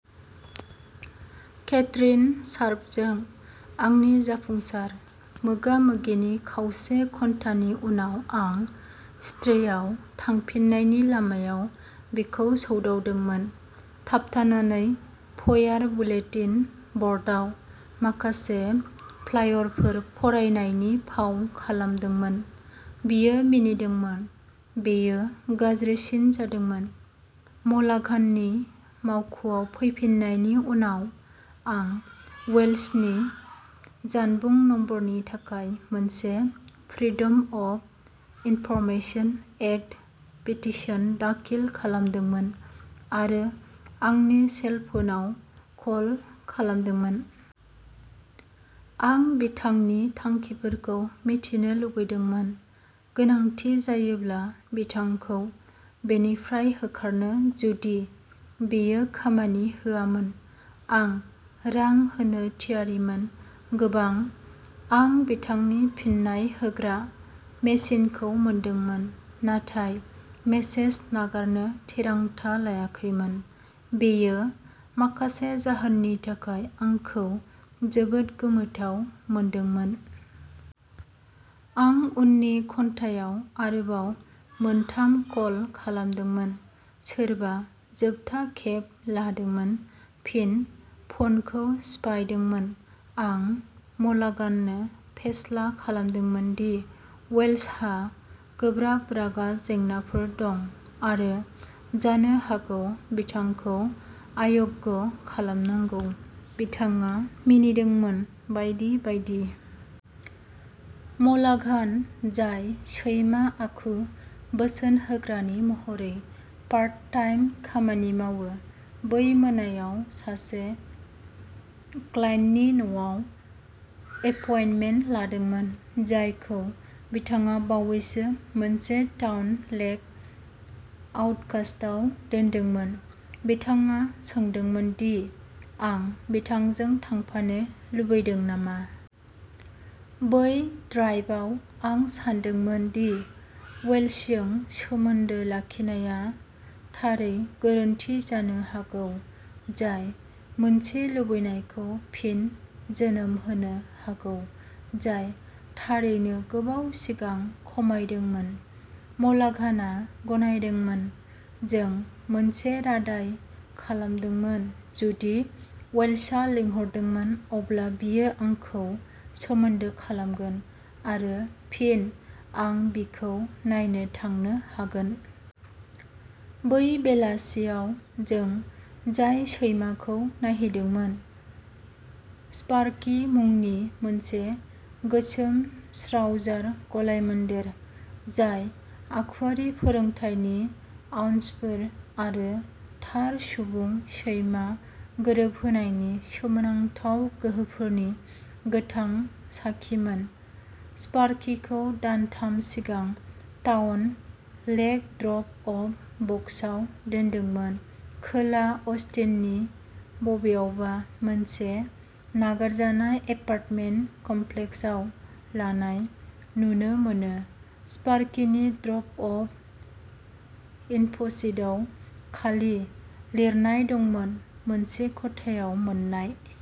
Catherine शार्पजों आंनि जाफुंसार मोगा-मोगिनि खावसे घन्टानि उनाव, आं स्ट्रे आव थांफिन्नायनि लामायाव बिखौ सौदावदोंमोन। थाबथानानै फयार बुलेटिन ब'र्डआव माखासे फ्लायरफोर फरायनायनि फाव खालामदोंमोन। बियो मिनिदोंमोन। बेयो गाज्रिसिन जादोंमोन। म'लाघाननि मावख'आव फैफिन्नायनि उनाव, आं वेल्चनि जानबुं नम्बरनि थाखाय मोनसे freedom of information act petition दाखिल खालामदोंमोन आरो आंनि सेलफोनआव कल खालामदोंमोन। आं बिथांनि थांखिफोरखौ मिथिनो लुगैदोंमोन, गोनांथि जायोब्ला बिथांखौ बेनिफ्राय होखारनो। जुदि बेयो खामानि होआमोन, आं रां होनो थियारिमोन। गोबां। आं बिथांनि फिन्नाय होग्रा मेसिनखौ मोनदोंमोन नाथाय मेसेज नागारनो थिरांथा लायाखैमोन। बेयो, माखासे जाहोननि थाखाय, आंखौ जोबोद गोमोथाव मोनदोंमोन। आं उननि घन्टायाव आरोबाव मोनथाम कल खालामदोंमोन। सोरबा जोबथा खेब लादोंमोन, फिन फनखौ सिफायदोंमोन। आं म'लाघाननो फेस्ला खालामदोंमोन दि वेल्चहा गोब्राब रागा जेंनाफोर दं आरो जानो हागौ बिथांखौ अयोग्य खालामनांगौ। बिथाङा मिनिदोंमोन। बायदि बायदि। म'लाघान, जाय सैमा-आखु बोसोन होग्रानि महरै पार्ट टाइम खामानि मावो, बै मोनायाव सासे क्लाइन्टनि न'आव एपइन्टमेन्ट लादोंमोन। जायखौ बिथाङा बावैसो मोनसे टाउन लेक आउटकास्टआव दोनदोंमोन। बिथाङा सोंदोंमोन दि आं बिथांजों थांफानो लुबैदों नामा। बै ड्राइभआव आं सानदोंमोन दि वेल्चजों सोमोन्दो लाखिनाया थारै गोरोन्थि जानो हागौ, जाय मोनसे लुबैनायखौ फिन जोनोम होनो हागौ जाय थारैनो गोबाव सिगां खमायदोंमोन। म'लाघाना गनायदोंमोन। जों मोनसे रादाइ खालामदोंमोन। जुदि वेल्चआ लिंहरदोंमोन, अब्ला बियो आंखौ सोमोन्दो खालामगोन, आरो फिन आं बिखौ नायनो थांनो हागोन। बै बेलासियाव जों जाय सैमाखौ नायहैदोंमोन, स्पार्कि मुंनि मोनसे गोसोम श्नाउजार गलायमोन्देर, जाय आखुयारि फोरोंथायनि आउन्सफोर आरो थार सुबुं-सैमा गोरोबहोनायफोरनि सोमोनांथाव गोहोफोरनि गोथां साखिमोन। स्पार्किखौ दानथाम सिगां टाउन लेक ड्रप-अफ बक्सआव दोनदोंमोन। खोला अस्टिननि बबेयावबा मोनसे नागारजानाय एपार्टमेन्ट कमप्लेक्सआव लानाय नुनो मोनो, स्पार्किनि ड्रप-अफ इनफ'शीटआव खालि लिरनाय दंमोन, "मोनसे खथायाव मोन्नाय।